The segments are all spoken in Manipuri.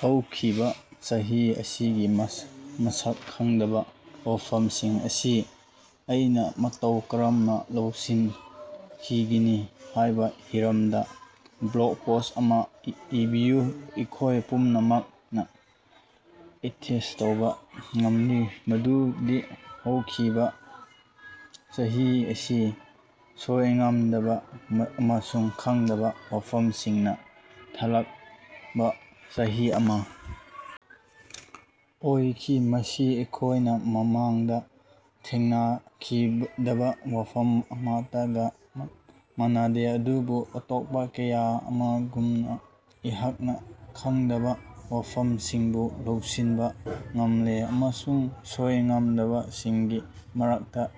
ꯍꯧꯈꯤꯕ ꯆꯍꯤ ꯑꯁꯤꯒꯤ ꯃꯁꯛ ꯈꯪꯗꯕ ꯋꯥꯐꯝꯁꯤꯡ ꯑꯁꯤ ꯑꯩꯅ ꯃꯇꯧ ꯀꯔꯝꯅ ꯂꯧꯁꯤꯟꯈꯤꯕꯒꯦ ꯍꯥꯢꯕ ꯍꯤꯔꯝꯗ ꯕ꯭ꯂꯣꯒ ꯄꯣꯁ꯭ꯠ ꯑꯃ ꯏꯕꯤꯌꯨ꯫ ꯑꯩꯈꯣꯢ ꯄꯨꯝꯅꯃꯛꯅ ꯑꯦꯇꯦꯁ꯭ꯠ ꯇꯧꯕ ꯉꯝꯂꯤ ꯃꯗꯨꯗꯤ ꯍꯧꯈꯤꯕ ꯆꯍꯤ ꯑꯁꯤ ꯁꯣꯏꯗ-ꯉꯥꯝꯗꯕ ꯑꯃꯁꯨꯡ ꯈꯪꯗꯕ ꯋꯥꯐꯝꯁꯤꯡꯅ ꯊꯜꯂꯕ ꯆꯍꯤ ꯑꯃ ꯑꯣꯏꯈꯤ, ꯃꯁꯤ ꯑꯩꯈꯣꯢꯅ ꯃꯃꯥꯡꯗ ꯊꯦꯡꯅꯈꯤꯗꯕ ꯋꯥꯐꯝ ꯑꯃꯠꯇꯒ ꯃꯥꯟꯅꯗꯦ꯫ ꯑꯗꯨꯕꯨ ꯑꯇꯣꯞꯄ ꯀꯌꯥ ꯑꯃꯒꯨꯝꯅ ꯑꯩꯍꯥꯛꯅ ꯈꯪꯗꯕ ꯋꯥꯐꯝꯁꯤꯡꯕꯨ ꯂꯧꯁꯤꯟꯕ ꯉꯝꯂꯦ ꯑꯃꯁꯨꯡ ꯁꯣꯏꯗ-ꯉꯥꯝꯗꯕꯁꯤꯡꯒꯤ ꯃꯔꯛꯇ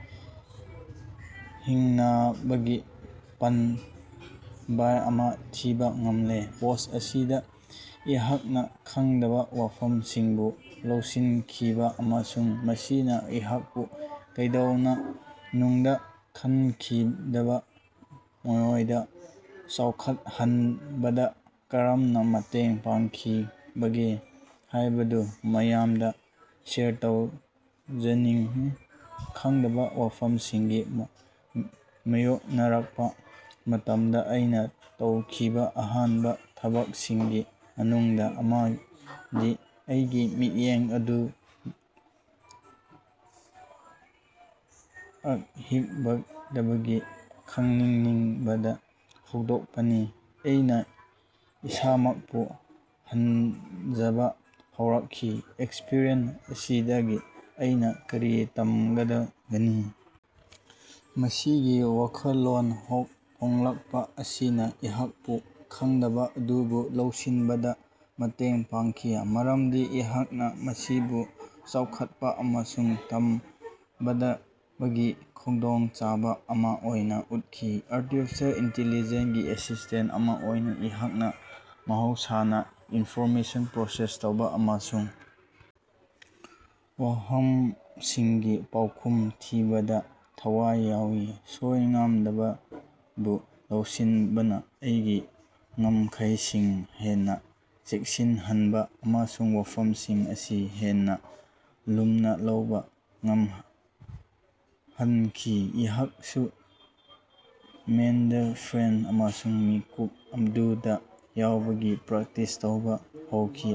ꯍꯤꯡꯅꯕꯒꯤ ꯄꯥꯝꯕꯩ ꯑꯃ ꯊꯤꯕ ꯉꯝꯂꯦ꯫ ꯄꯣꯁ꯭ꯠ ꯑꯁꯤꯗ ꯑꯩꯍꯥꯛꯅ ꯈꯪꯗꯕ ꯋꯥꯐꯝ ꯁꯤꯡꯕꯨ ꯂꯧꯁꯤꯟꯈꯤꯕ ꯑꯃꯁꯨꯡ ꯃꯁꯤꯅ ꯑꯩꯍꯥꯛꯄꯨ ꯀꯩꯗꯧꯅꯨꯡꯗ ꯈꯟꯈꯤꯗꯕ ꯃꯑꯣꯡꯗ ꯆꯥꯎꯈꯠꯍꯟꯕꯗ ꯀꯔꯝꯅ ꯃꯇꯦꯡ ꯄꯥꯡꯈꯤꯕꯒꯦ ꯍꯥꯢꯕꯗꯨ ꯃꯌꯥꯝꯗ ꯁꯦꯌꯔ ꯇꯧꯖꯅꯤꯡꯏ꯫ ꯈꯪꯗꯕ ꯋꯥꯐꯝꯁꯤꯡꯒ ꯃꯥꯌꯣꯛꯅꯔꯛꯄ ꯃꯇꯝꯗ ꯑꯩꯅ ꯇꯧꯈꯤꯕ ꯑꯍꯥꯟꯕ ꯊꯕꯛꯁꯤꯡꯒꯤ ꯃꯅꯨꯡꯗ ꯑꯃꯗꯤ ꯑꯩꯒꯤ ꯃꯤꯠꯌꯦꯡ ꯑꯗꯨ ꯑꯀꯤꯕꯗꯒꯤ ꯈꯪꯅꯤꯡꯕꯗ ꯍꯣꯡꯗꯣꯛꯄꯅꯤ꯫ ꯑꯩꯅ ꯏꯁꯥꯃꯛꯄꯨ ꯍꯪꯖꯕ ꯍꯧꯔꯛꯈꯤ, "ꯑꯦꯛꯁꯄꯔꯤꯑꯦꯟꯁ ꯑꯁꯤꯗꯒꯤ ꯑꯩꯅ ꯀꯔꯤ ꯇꯝꯒꯗꯒꯦ? " ꯃꯁꯤꯒꯤ ꯋꯥꯈꯜꯂꯣꯟ ꯍꯣꯡꯂꯀꯄ ꯑꯁꯤꯅ ꯑꯩꯍꯥꯛꯄꯨ ꯈꯪꯗꯕ ꯑꯗꯨꯕꯨ ꯂꯧꯁꯤꯟꯕꯗ ꯃꯇꯦꯡ ꯄꯥꯡꯈꯤ, ꯃꯔꯝꯗꯤ ꯑꯩꯍꯥꯛꯅ ꯃꯁꯤꯕꯨ ꯆꯥꯎꯈꯠꯄ ꯑꯃꯁꯨꯡ ꯇꯝꯅꯕꯒꯤ ꯈꯨꯗꯣꯡꯆꯥꯕ ꯑꯃ ꯑꯣꯏꯅ ꯎꯈꯤ꯫ ꯑꯔꯇꯤꯐꯤꯁꯦꯜ ꯑꯤꯟꯇꯤꯂꯤꯖꯦꯟꯁ ꯒꯤ ꯑꯦꯁꯤꯁ꯭ꯇꯦꯟꯇ ꯑꯃ ꯑꯣꯏꯅ ꯑꯩꯍꯥꯛꯅ ꯃꯍꯧꯁꯥꯅ ꯏꯟꯐꯣꯔꯃꯦꯁꯟ ꯄ꯭ꯔꯣꯁꯦꯁ ꯇꯧꯕ ꯑꯃꯁꯨꯡ ꯋꯥꯍꯪꯁꯤꯡꯒꯤ ꯄꯥꯎꯈꯨꯝ ꯊꯤꯕꯗ ꯊꯋꯥꯏ ꯌꯥꯎꯏ꯫ ꯁꯣꯏꯗ-ꯉꯥꯝꯗꯕꯕꯨ ꯂꯧꯁꯤꯟꯕꯅ ꯑꯩꯒꯤ ꯉꯝꯈꯩꯁꯤꯡ ꯍꯦꯟꯅ ꯆꯦꯠꯁꯤꯜꯍꯟꯕ ꯑꯃꯁꯨꯡ ꯋꯥꯐꯝꯁꯤꯡ ꯑꯁꯤ ꯍꯦꯟꯅ ꯂꯨꯝꯅ ꯂꯧꯕ ꯉꯝꯍꯟꯈꯤ꯫ ꯑꯩꯍꯥꯛꯁꯨ ꯃꯥꯏꯟꯗꯐ꯭ꯔꯦꯟꯗ ꯑꯃꯁꯨꯡ ꯃꯤꯀꯨꯞ ꯑꯗꯨꯗ ꯌꯥꯎꯕꯒꯤ ꯄ꯭ꯔꯦꯛꯇꯤꯁ ꯇꯧꯕ ꯍꯧꯈꯤ꯫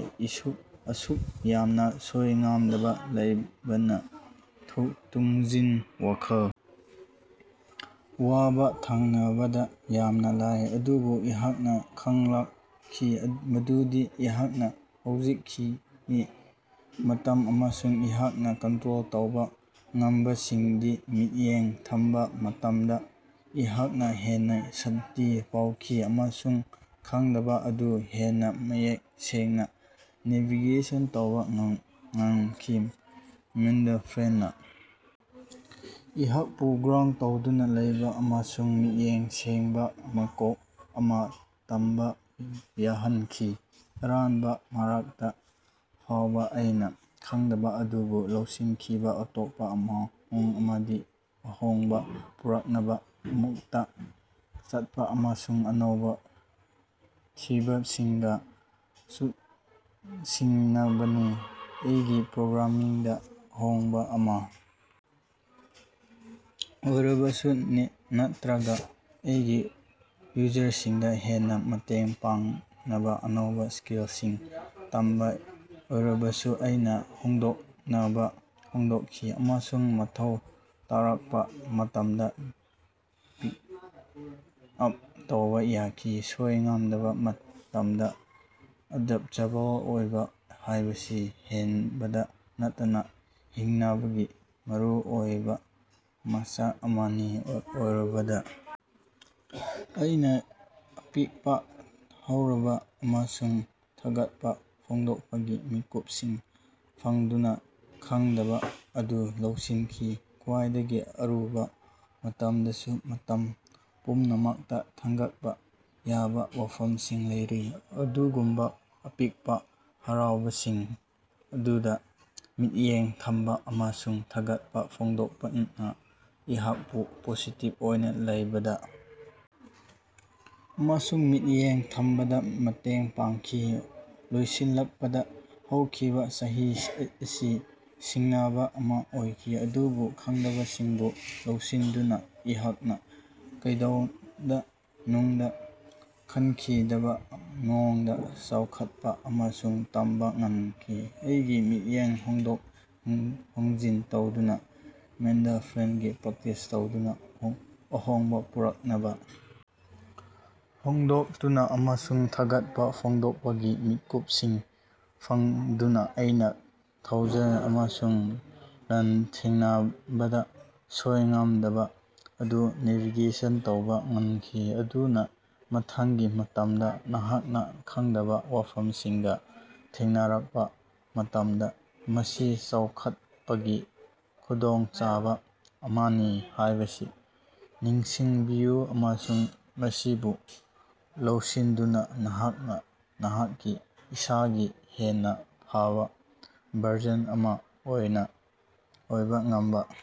ꯑꯁꯨꯛ ꯌꯥꯝꯅ ꯁꯣꯏꯗ-ꯉꯥꯝꯗꯕ ꯂꯩꯕꯅ ꯇꯨꯡꯒꯤ ꯋꯥꯈꯜ ꯋꯥꯕ ꯊꯦꯡꯅꯕꯗ ꯌꯥꯝꯅ ꯂꯥꯏ꯫ ꯑꯗꯨꯕꯨ ꯑꯩꯍꯥꯛꯅ ꯈꯪꯂꯛꯈꯤ ꯃꯗꯨꯗꯤ ꯑꯩꯍꯥꯛꯅ ꯍꯧꯖꯤꯛꯀꯤ ꯃꯇꯝ ꯑꯃꯁꯨꯡ ꯑꯩꯍꯥꯛꯅ ꯀꯟꯇ꯭ꯔꯣꯜ ꯇꯧꯕ ꯉꯝꯕꯁꯤꯡꯗꯤ ꯃꯤꯠꯌꯦꯡ ꯊꯝꯕ ꯃꯇꯝꯗ ꯑꯩꯍꯥꯛꯅ ꯍꯦꯟꯅ ꯁꯥꯟꯇꯤ ꯐꯥꯎꯈꯤ ꯑꯃꯁꯨꯡ ꯈꯪꯗꯕ ꯑꯗꯨ ꯍꯦꯟꯅ ꯃꯌꯦꯛ ꯁꯦꯡꯅ ꯅꯦꯚꯤꯒꯦꯁꯟ ꯇꯧꯕ ꯉꯝꯈꯤ꯫ ꯃꯥꯏꯟꯗꯐ꯭ꯔꯦꯟꯗꯅꯥ ꯑꯩꯍꯥꯛꯄꯨ ꯒ꯭ꯔꯥꯎꯟꯗ ꯇꯧꯗꯨꯅ ꯂꯩꯕ ꯑꯃꯁꯨꯡ ꯃꯌꯦꯛ ꯁꯦꯡꯕ ꯃꯀꯣꯛ ꯑꯃ ꯊꯝꯕ ꯌꯥꯍꯟꯈꯤ, ꯑꯔꯥꯟꯕ ꯃꯔꯛꯇ ꯐꯥꯎꯕ꯫ ꯑꯩꯅ ꯈꯪꯗꯕ ꯑꯗꯨꯕꯨ ꯂꯧꯁꯤꯟꯈꯤꯕ ꯑꯇꯣꯞꯄ ꯃꯑꯣꯡ ꯑꯃꯗꯤ ꯑꯍꯣꯡꯕ ꯄꯨꯔꯛꯅꯕ ꯑꯃꯨꯛꯇꯪ ꯆꯠꯄ ꯑꯃꯁꯨꯡ ꯑꯅꯧꯕ ꯐꯤꯚꯝꯁꯤꯡꯒ ꯆꯨꯁꯤꯟꯅꯕꯅꯤ꯫ ꯑꯩꯒꯤ ꯄ꯭ꯔꯣꯒ꯭ꯔꯥꯃꯤꯡꯗ ꯑꯍꯣꯡꯕ ꯑꯃ ꯑꯣꯏꯔꯕꯁꯨ ꯅꯠꯇ꯭ꯔꯒ ꯑꯩꯒꯤ ꯌꯨꯖꯔꯁꯤꯡꯗ ꯍꯦꯟꯅ ꯃꯇꯦꯡ ꯄꯥꯡꯅꯕ ꯑꯅꯧꯕ ꯁ꯭ꯀꯤꯜꯁꯤꯡ ꯇꯝꯕ ꯑꯣꯏꯔꯕꯁꯨ, ꯑꯩꯅ ꯍꯣꯡꯗꯣꯛꯅꯕ ꯍꯥꯡꯗꯣꯛꯈꯤ ꯑꯃꯁꯨꯡ ꯃꯊꯧ ꯇꯥꯔꯛꯄ ꯃꯇꯝꯗ ꯄꯤꯀꯞ ꯇꯧꯕ ꯌꯥꯈꯤ꯫ ꯁꯣꯏꯗ-ꯉꯥꯝꯗꯕ ꯃꯇꯝꯗ, ꯑꯦꯗꯞꯇꯦꯕꯜ ꯑꯣꯏꯕ ꯍꯥꯢꯕꯁꯤ ꯍꯤꯡꯕꯗ ꯅꯠꯇꯅ ꯍꯤꯡꯅꯕꯒꯤ ꯃꯔꯨꯑꯣꯏꯕ ꯃꯆꯥꯛ ꯑꯃꯅꯤ꯫ ꯑꯔꯣꯏꯕꯗ ꯑꯩꯅ ꯑꯄꯤꯛꯄ ꯍꯔꯥꯎꯕ ꯑꯃꯁꯨꯡ ꯊꯥꯒꯠꯄ ꯐꯣꯡꯗꯣꯛꯄꯒꯤ ꯃꯤꯀꯨꯞꯁꯤꯡ ꯐꯪꯗꯨꯅ ꯈꯪꯗꯕ ꯑꯗꯨ ꯂꯧꯁꯤꯟꯈꯤ꯫ ꯈ꯭ꯋꯥꯏꯗꯒꯤ ꯑꯔꯨꯕ ꯃꯇꯝꯗꯁꯨ ꯃꯇꯝ ꯄꯨꯝꯅꯃꯛꯇ ꯊꯥꯒꯠꯄ ꯌꯥꯕ ꯋꯥꯐꯝꯁꯤꯡ ꯂꯩꯔꯤ꯫ ꯑꯗꯨꯒꯨꯝꯕ ꯑꯄꯤꯛꯄ ꯍꯔꯥꯎꯕꯁꯤꯡ ꯑꯗꯨꯗ ꯃꯤꯠꯌꯦꯡ ꯊꯝꯕ ꯑꯃꯁꯨꯡ ꯊꯥꯒꯠꯄ ꯐꯣꯡꯗꯣꯛꯄꯅ ꯑꯩꯍꯥꯛꯄꯨ ꯄꯣꯖꯤꯇꯤꯕ ꯑꯣꯏꯅ ꯂꯩꯕꯗ ꯑꯃꯁꯨꯡ ꯃꯤꯠꯌꯦꯡ ꯊꯝꯕꯗ ꯃꯇꯦꯡ ꯄꯥꯡꯈꯤ꯫ ꯂꯣꯏꯁꯤꯜꯂꯛꯄꯗ, ꯍꯧꯈꯤꯕ ꯆꯍꯤ ꯑꯁꯤ ꯁꯤꯡꯅꯕ ꯑꯃ ꯑꯣꯏꯈꯤ, ꯑꯗꯨꯕꯨ ꯈꯪꯗꯕꯁꯤꯡꯕꯨ ꯂꯧꯁꯤꯟꯗꯨꯅ ꯑꯩꯍꯥꯛꯅ ꯀꯩꯗꯧꯅꯨꯡꯗ ꯈꯟꯈꯤꯗꯕ ꯃꯑꯣꯡꯗ ꯆꯥꯎꯈꯠꯄ ꯑꯃꯁꯨꯡ ꯇꯝꯕꯥ ꯉꯝꯈꯤ꯫ ꯑꯩꯒꯤ ꯃꯤꯠꯌꯦꯡ ꯍꯣꯡꯗꯣꯛ ꯍꯣꯡꯖꯤꯟ ꯇꯧꯗꯨꯅ, ꯃꯥꯏꯟꯗꯐ꯭ꯔꯦꯟꯗꯒꯤ ꯄ꯭ꯔꯦꯛꯇꯤꯁ ꯇꯧꯗꯨꯅ, ꯑꯍꯣꯡꯕ ꯄꯨꯔꯛꯅꯕ ꯍꯥꯡꯗꯣꯛꯇꯨꯅ, ꯑꯃꯁꯨꯡ ꯊꯥꯒꯠꯄ ꯐꯣꯡꯗꯣꯛꯄꯒꯤ ꯃꯤꯀꯨꯞꯁꯤꯡ ꯐꯪꯗꯨꯅ ꯑꯩꯅ ꯊꯧꯖꯥꯜ ꯑꯃꯁꯨꯡ ꯂꯥꯟꯊꯦꯡꯅꯕꯗ ꯁꯣꯏꯗ-ꯉꯥꯝꯗꯕ ꯑꯗꯨ ꯅꯦꯚꯤꯒꯦꯁꯟ ꯇꯧꯕ ꯉꯝꯈꯤ꯫ ꯑꯗꯨꯅ ꯃꯊꯪꯒꯤ ꯃꯇꯝꯗ ꯅꯍꯥꯛꯅ ꯈꯪꯗꯕ ꯋꯥꯐꯝꯁꯤꯡꯒ ꯊꯦꯡꯅꯔꯛꯄ ꯃꯇꯝꯗ, ꯃꯁꯤ ꯆꯥꯎꯈꯠꯄꯒꯤ ꯈꯨꯗꯣꯡꯆꯥꯕ ꯑꯃꯅꯤ ꯍꯥꯢꯕꯁꯤ ꯅꯤꯡꯁꯤꯡꯕꯤꯌꯨ, ꯑꯃꯁꯨꯡ ꯃꯁꯤꯕꯨ ꯂꯧꯁꯤꯟꯗꯨꯅ ꯅꯍꯥꯛꯅ ꯅꯍꯥꯛꯀꯤ ꯏꯁꯥꯒꯤ ꯍꯦꯟꯅ ꯐꯕ ꯚꯔꯖꯟ ꯑꯃ ꯑꯣꯏꯕ ꯉꯝꯒꯅꯤ꯫